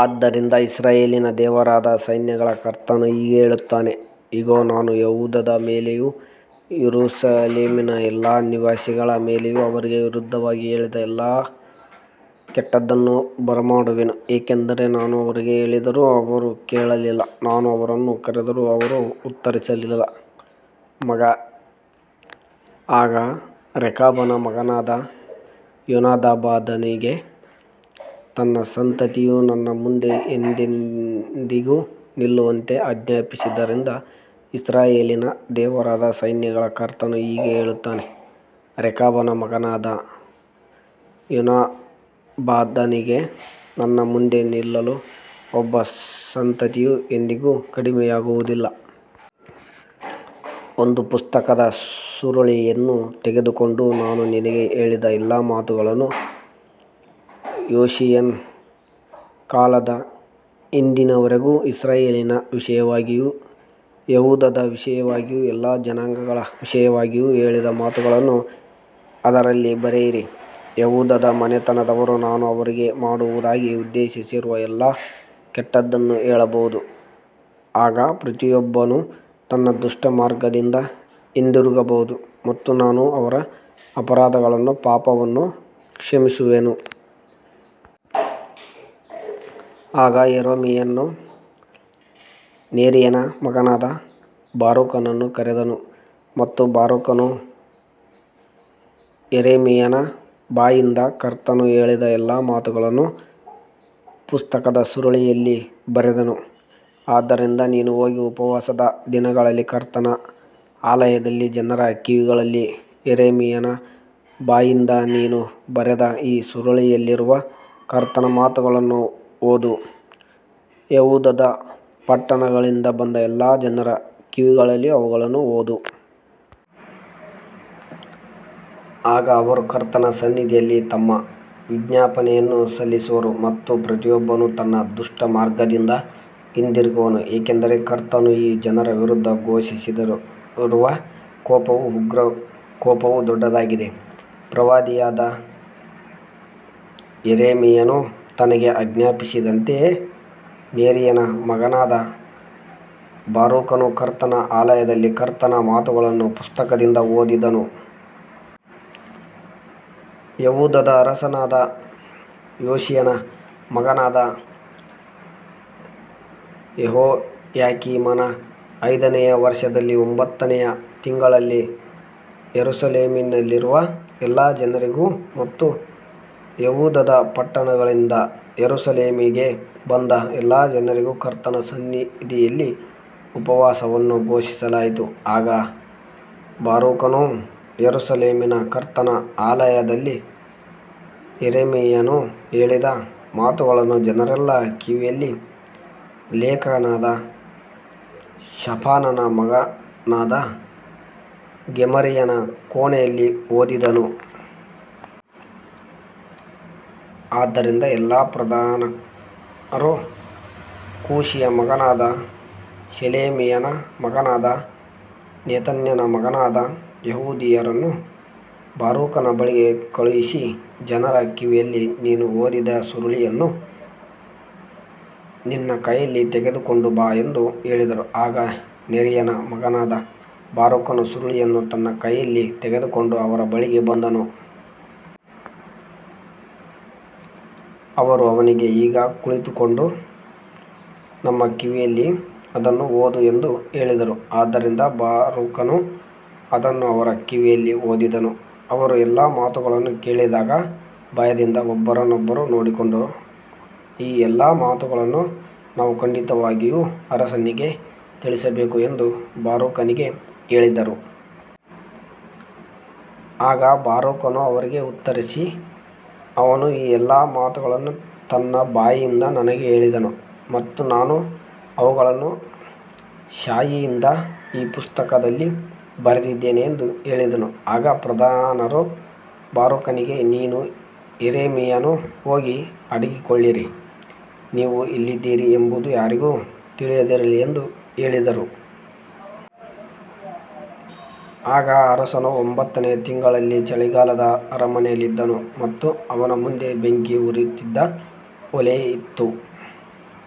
ಆದ್ದರಿಂದ ಇಸ್ರಾಯೇಲಿನ ದೇವರಾದ ಸೈನ್ಯಗಳ ಕರ್ತನು ಹೀಗೆ ಹೇಳುತ್ತಾನೆ, ಇಗೋ, ನಾನು ಯೆಹೂದದ ಮೇಲೆಯೂ ಯೆರೂಸಲೇಮಿನ ಎಲ್ಲಾ ನಿವಾಸಿಗಳ ಮೇಲೆಯೂ ಅವರಿಗೆ ವಿರುದ್ಧವಾಗಿ ಹೇಳಿದ ಎಲ್ಲಾ ಕೆಟ್ಟದ್ದನ್ನು ಬರಮಾಡುವೆನು, ಏಕೆಂದರೆ ನಾನು ಅವರಿಗೆ ಹೇಳಿದ್ದರೂ ಅವರು ಕೇಳಲಿಲ್ಲ, ನಾನು ಅವರನ್ನು ಕರೆದರೂ ಅವರು ಉತ್ತರಿಸಲಿಲ್ಲ. ಆಗ ರೇಕಾಬನ ಮಗನಾದ ಯೋನಾದಾಬನಿಗೆ ತನ್ನ ಸಂತತಿಯು ನನ್ನ ಮುಂದೆ ಎಂದೆಂದಿಗೂ ನಿಲ್ಲುವಂತೆ ಆಜ್ಞಾಪಿಸಿದ್ದರಿಂದ, ಇಸ್ರಾಯೇಲಿನ ದೇವರಾದ ಸೈನ್ಯಗಳ ಕರ್ತನು ಹೀಗೆ ಹೇಳುತ್ತಾನೆ, ರೇಕಾಬನ ಮಗನಾದ ಯೋನಾದಾಬನಿಗೆ ನನ್ನ ಮುಂದೆ ನಿಲ್ಲಲು ಒಬ್ಬ ಸಂತತಿಯು ಎಂದಿಗೂ ಕಡಿಮೆಯಾಗುವುದಿಲ್ಲ. ಒಂದು ಪುಸ್ತಕದ ಸುರುಳಿಯನ್ನು ತೆಗೆದುಕೊಂಡು, ನಾನು ನಿನಗೆ ಹೇಳಿದ ಎಲ್ಲಾ ಮಾತುಗಳನ್ನು, ಯೋಷೀಯನ ಕಾಲದಿಂದ ಇಂದಿನವರೆಗೂ ಇಸ್ರಾಯೇಲಿನ ವಿಷಯವಾಗಿಯೂ ಯೆಹೂದದ ವಿಷಯವಾಗಿಯೂ ಎಲ್ಲಾ ಜನಾಂಗಗಳ ವಿಷಯವಾಗಿಯೂ ಹೇಳಿದ ಮಾತುಗಳನ್ನು ಅದರಲ್ಲಿ ಬರೆಯಿರಿ. ಯೆಹೂದದ ಮನೆತನದವರು ನಾನು ಅವರಿಗೆ ಮಾಡುವುದಾಗಿ ಉದ್ದೇಶಿಸಿರುವ ಎಲ್ಲಾ ಕೆಟ್ಟದ್ದನ್ನು ಕೇಳಬಹುದು, ಆಗ ಪ್ರತಿಯೊಬ್ಬನು ತನ್ನ ದುಷ್ಟಮಾರ್ಗದಿಂದ ಹಿಂದಿರುಗಬಹುದು ಮತ್ತು ನಾನು ಅವರ ಅಪರಾಧವನ್ನೂ ಪಾಪವನ್ನೂ ಕ್ಷಮಿಸುವೆನು. ಆಗ ಯೆರೆಮೀಯನು ನೆರೀಯನ ಮಗನಾದ ಬಾರೂಕನನ್ನು ಕರೆದನು, ಮತ್ತು ಬಾರೂಕನು ಯೆರೆಮೀಯನ ಬಾಯಿಂದ ಕರ್ತನು ಹೇಳಿದ ಎಲ್ಲಾ ಮಾತುಗಳನ್ನು ಪುಸ್ತಕದ ಸುರುಳಿಯಲ್ಲಿ ಬರೆದನು. ಆದ್ದರಿಂದ ನೀನು ಹೋಗಿ ಉಪವಾಸದ ದಿನದಲ್ಲಿ ಕರ್ತನ ಆಲಯದಲ್ಲಿ ಜನರ ಕಿವಿಗಳಲ್ಲಿ, ಯೆರೆಮೀಯನ ಬಾಯಿಂದ ನೀನು ಬರೆದ ಈ ಸುರುಳಿಯಲ್ಲಿರುವ ಕರ್ತನ ಮಾತುಗಳನ್ನು ಓದು, ಯೆಹೂದದ ಪಟ್ಟಣಗಳಿಂದ ಬಂದ ಎಲ್ಲಾ ಜನರ ಕಿವಿಗಳಲ್ಲಿಯೂ ಅವುಗಳನ್ನು ಓದು. ಆಗ ಅವರು ಕರ್ತನ ಸನ್ನಿಧಿಯಲ್ಲಿ ತಮ್ಮ ವಿಜ್ಞಾಪನೆಯನ್ನು ಸಲ್ಲಿಸುವರು ಮತ್ತು ಪ್ರತಿಯೊಬ್ಬನು ತನ್ನ ದುಷ್ಟಮಾರ್ಗದಿಂದ ಹಿಂದಿರುಗುವನು, ಏಕೆಂದರೆ ಕರ್ತನು ಈ ಜನರ ವಿರುದ್ಧ ಘೋಷಿಸಿರುವ ಕೋಪವೂ ಉಗ್ರಕೋಪವೂ ದೊಡ್ಡದಾಗಿದೆ. ಪ್ರವಾದಿಯಾದ ಯೆರೆಮೀಯನು ತನಗೆ ಆಜ್ಞಾಪಿಸಿದಂತೆಯೇ ನೆರೀಯನ ಮಗನಾದ ಬಾರೂಕನು ಕರ್ತನ ಆಲಯದಲ್ಲಿ ಕರ್ತನ ಮಾತುಗಳನ್ನು ಪುಸ್ತಕದಿಂದ ಓದಿದನು. ಯೆಹೂದದ ಅರಸನಾದ ಯೋಷೀಯನ ಮಗನಾದ ಯೆಹೋಯಾಕೀಮನ ಐದನೆಯ ವರ್ಷದಲ್ಲಿ ಒಂಬತ್ತನೆಯ ತಿಂಗಳಲ್ಲಿ, ಯೆರೂಸಲೇಮಿನಲ್ಲಿರುವ ಎಲ್ಲಾ ಜನರಿಗೂ ಮತ್ತು ಯೆಹೂದದ ಪಟ್ಟಣಗಳಿಂದ ಯೆರೂಸಲೇಮಿಗೆ ಬಂದ ಎಲ್ಲಾ ಜನರಿಗೂ ಕರ್ತನ ಸನ್ನಿಧಿಯಲ್ಲಿ ಉಪವಾಸವನ್ನು ಘೋಷಿಸಲಾಯಿತು. ಆಗ ಬಾರೂಕನು ಯೆರೂಸಲೇಮಿನ ಕರ್ತನ ಆಲಯದಲ್ಲಿ, ಯೆರೆಮೀಯನು ಹೇಳಿದ ಮಾತುಗಳನ್ನು ಜನರೆಲ್ಲರ ಕಿವಿಯಲ್ಲಿ, ಲೇಖಕನಾದ ಶಾಫಾನನ ಮಗನಾದ ಗೆಮರೀಯನ ಕೋಣೆಯಲ್ಲಿ ಓದಿದನು. ಆದ್ದರಿಂದ ಎಲ್ಲಾ ಪ್ರಧಾನರು ಕೂಶಿಯ ಮಗನಾದ ಶೆಲೆಮೀಯನ ಮಗನಾದ ನೆತನ್ಯನ ಮಗನಾದ ಯೆಹೂದಿಯನ್ನು ಬಾರೂಕನ ಬಳಿಗೆ ಕಳುಹಿಸಿ, ಜನರ ಕಿವಿಯಲ್ಲಿ ನೀನು ಓದಿದ ಸುರುಳಿಯನ್ನು ನಿನ್ನ ಕೈಯಲ್ಲಿ ತೆಗೆದುಕೊಂಡು ಬಾ ಎಂದು ಹೇಳಿದರು. ಆಗ ನೆರೀಯನ ಮಗನಾದ ಬಾರೂಕನು ಸುರುಳಿಯನ್ನು ತನ್ನ ಕೈಯಲ್ಲಿ ತೆಗೆದುಕೊಂಡು ಅವರ ಬಳಿಗೆ ಬಂದನು. ಅವರು ಅವನಿಗೆ, ಈಗ ಕುಳಿತುಕೊಂಡು ನಮ್ಮ ಕಿವಿಯಲ್ಲಿ ಅದನ್ನು ಓದು ಎಂದು ಹೇಳಿದರು. ಆದ್ದರಿಂದ ಬಾರೂಕನು ಅದನ್ನು ಅವರ ಕಿವಿಯಲ್ಲಿ ಓದಿದನು. ಅವರು ಎಲ್ಲಾ ಮಾತುಗಳನ್ನು ಕೇಳಿದಾಗ ಭಯದಿಂದ ಒಬ್ಬರನ್ನೊಬ್ಬರು ನೋಡಿಕೊಂಡು, ಈ ಎಲ್ಲಾ ಮಾತುಗಳನ್ನು ನಾವು ಖಂಡಿತವಾಗಿಯೂ ಅರಸನಿಗೆ ತಿಳಿಸಬೇಕು ಎಂದು ಬಾರೂಕನಿಗೆ ಹೇಳಿದರು. ಆಗ ಬಾರೂಕನು ಅವರಿಗೆ ಉತ್ತರಿಸಿ, ಅವನು ಈ ಎಲ್ಲಾ ಮಾತುಗಳನ್ನು ತನ್ನ ಬಾಯಿಂದ ನನಗೆ ಹೇಳಿದನು ಮತ್ತು ನಾನು ಅವುಗಳನ್ನು ಶಾಯಿಯಿಂದ ಈ ಪುಸ್ತಕದಲ್ಲಿ ಬರೆದಿದ್ದೇನೆ ಎಂದು ಹೇಳಿದನು. ಆಗ ಪ್ರಧಾನರು ಬಾರೂಕನಿಗೆ, ನೀನೂ ಯೆರೆಮೀಯನೂ ಹೋಗಿ ಅಡಗಿಕೊಳ್ಳಿರಿ, ನೀವು ಎಲ್ಲಿದ್ದೀರಿ ಎಂಬುದು ಯಾರಿಗೂ ತಿಳಿಯದಿರಲಿ ಎಂದು ಹೇಳಿದರು. ಆಗ ಅರಸನು ಒಂಬತ್ತನೆಯ ತಿಂಗಳಲ್ಲಿ ಚಳಿಗಾಲದ ಅರಮನೆಯಲ್ಲಿದ್ದನು ಮತ್ತು ಅವನ ಮುಂದೆ ಬೆಂಕಿ ಉರಿಯುತ್ತಿದ್ದ ಒಲೆಯಿತ್ತು.